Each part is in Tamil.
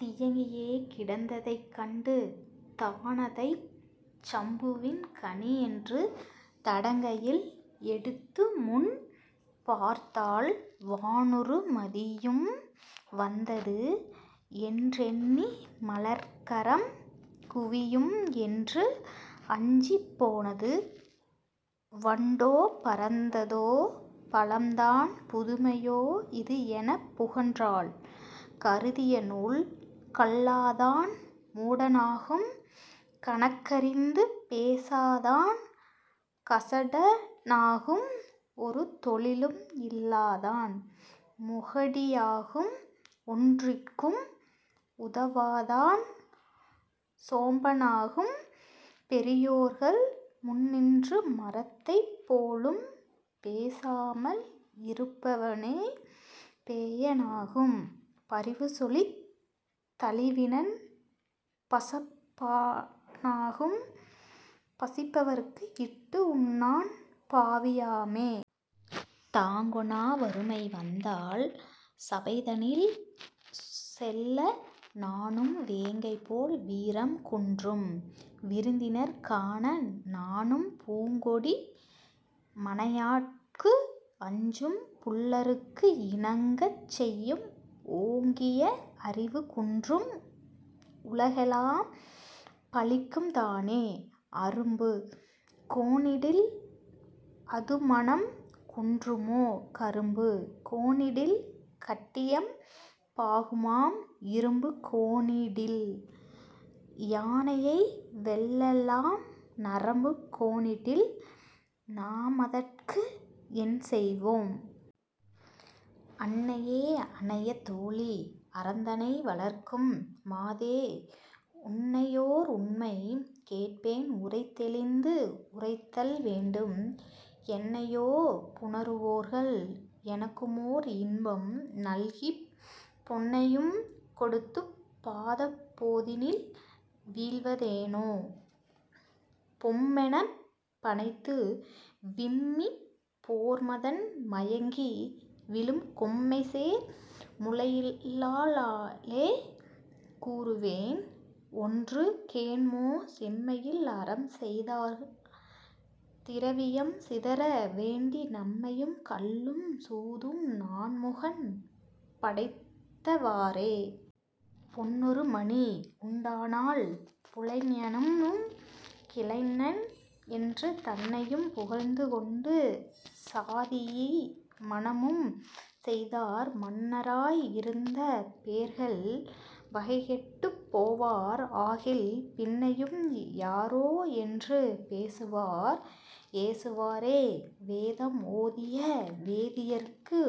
தியங்கியே கிடந்ததைக் கண்டு தானதைச் சம்புவின் கனி என்று தடங்கையில் எடுத்துமுன் பார்த்தாள் வானுறு மதியும் வந்தது என்றெண்ணி மலர்கரம் குவியும் என்று அஞ்சிப் போனது வண்டோ பறந்ததோ பழம் தான் புதுமையோ இது எனப் புகன்றாள்.. கருதிய நூல் கல்லாதான் மூடனாகும் கணக்கறிந்து பேசாதான் கசடனாகும் ஒரு தொழிலும் இல்லாதான் முகடியாகும் ஒன்றுக்கும் உதவாதான் சோம்பனாகும் பெரியோர்கள் முன்னின்று மரத்தைப் போலும் பேசாமல் இருப்பவனே பேயனாகும் பரிவு சொலித் தழிவினவன் பசப்பனாகும் பசிப்பவருக்கு இட்டு உண்ணான் பாவியாமே.. தாங்கொணா வறுமை வந்தால் சபைதனில் செல்ல நாணும் வேங்கை போல் வீரம் குன்றும் விருந்தினர் காண நாணும் பூங்கொடி மனையாட்கு அஞ்சும் புல்லருக்கு இணங்கச் செய்யும் ஓங்கிய அறிவு குன்றும் உலகெலாம் பழிக்கும் தானே.. அரும்பு கோணிடில் அதுமணம் குன்றுமோ கரும்பு கோணிடில் கட்டியம் பாகுமாம் இரும்பு கோணிடில் யானையை வெல்லலாம் நரம்பு கோணிடில் நாமதற்கு என் செய்வோம்?. அன்னையே அனைய தோழி அறந்தனை வளர்க்கும் மாதே உன்னையோர் உண்மை கேட்பேன் உரை தெளிந்து உரைத்தல் வேண்டும் என்னையோ புணருவோர்கள் எனக்குமோர் இன்பம் நல்கிப் பொன்னையும் கொடுத்துப் பாதப் போதினில் வீழ்வதேனோ?. பொம்மெனப் பணைத்து விம்மிப் போர்மதன் மயங்கி வீழும் கொம்மைசேர் முலையினாளே கூறுவேன் ஒன்று கேண்மோ செம்மையில் அறம் செய்யாதார் திரவியம் சிதற வேண்டி நம்மையும் கள்ளும் சூதும் நான்முகன் படைத்தவாறே!. பொன்னொரு மணி உண்டானால் புலைஞனும் கிளைஞன் என்று தன்னையும் புகழ்ந்து கொண்டு சாதியி மணமும் செய்வார் மன்னராய் இருந்த பேர்கள் வகைகெட்டுப் போவார் ஆகில் பின்னையும் யாரோ என்று பேசுவார் ஏசுவாரே!. வேதம் ஓதிய வேதியர்க்கு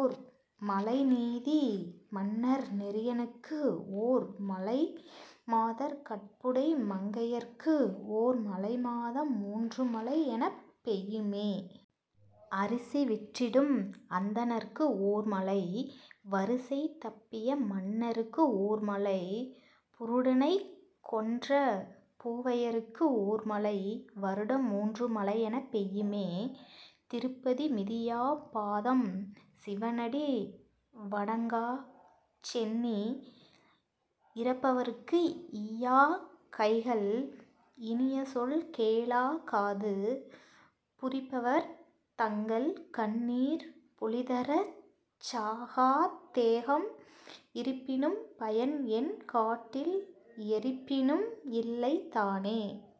ஒர் மழை நீதி மன்னர் நெறியனுக்கு ஓர் மழை மாதர் கற்புடை மங்கையர்க்கு ஓர் மழை மாதம் மூன்று மழைஎனப் பெய்யுமே.. அரிசி விற்றிடும் அந்தணர்க்கு ஓர் மழை வரிசை தப்பிய மன்னருக்கு ஓர் மழை புருடனைக் கொன்ற பூவையர்க்கு ஓர் மழை வருடம் மூன்று மழையெனப் பெய்யுமே.. திருப்பதி மிதியாப் பாதம் சிவனடி வணங்காச் சென்னி இரப்பவர்க்கு ஈயாக் கைகள் இனிய சொல் கேளாக் காது புரப்பவர் தங்கள் கண்ணீர் பொழிதரச் சாகாத் தேகம் இருப்பினும் பயன் என் காட்டில் எரிப்பினும் இல்லை தானே..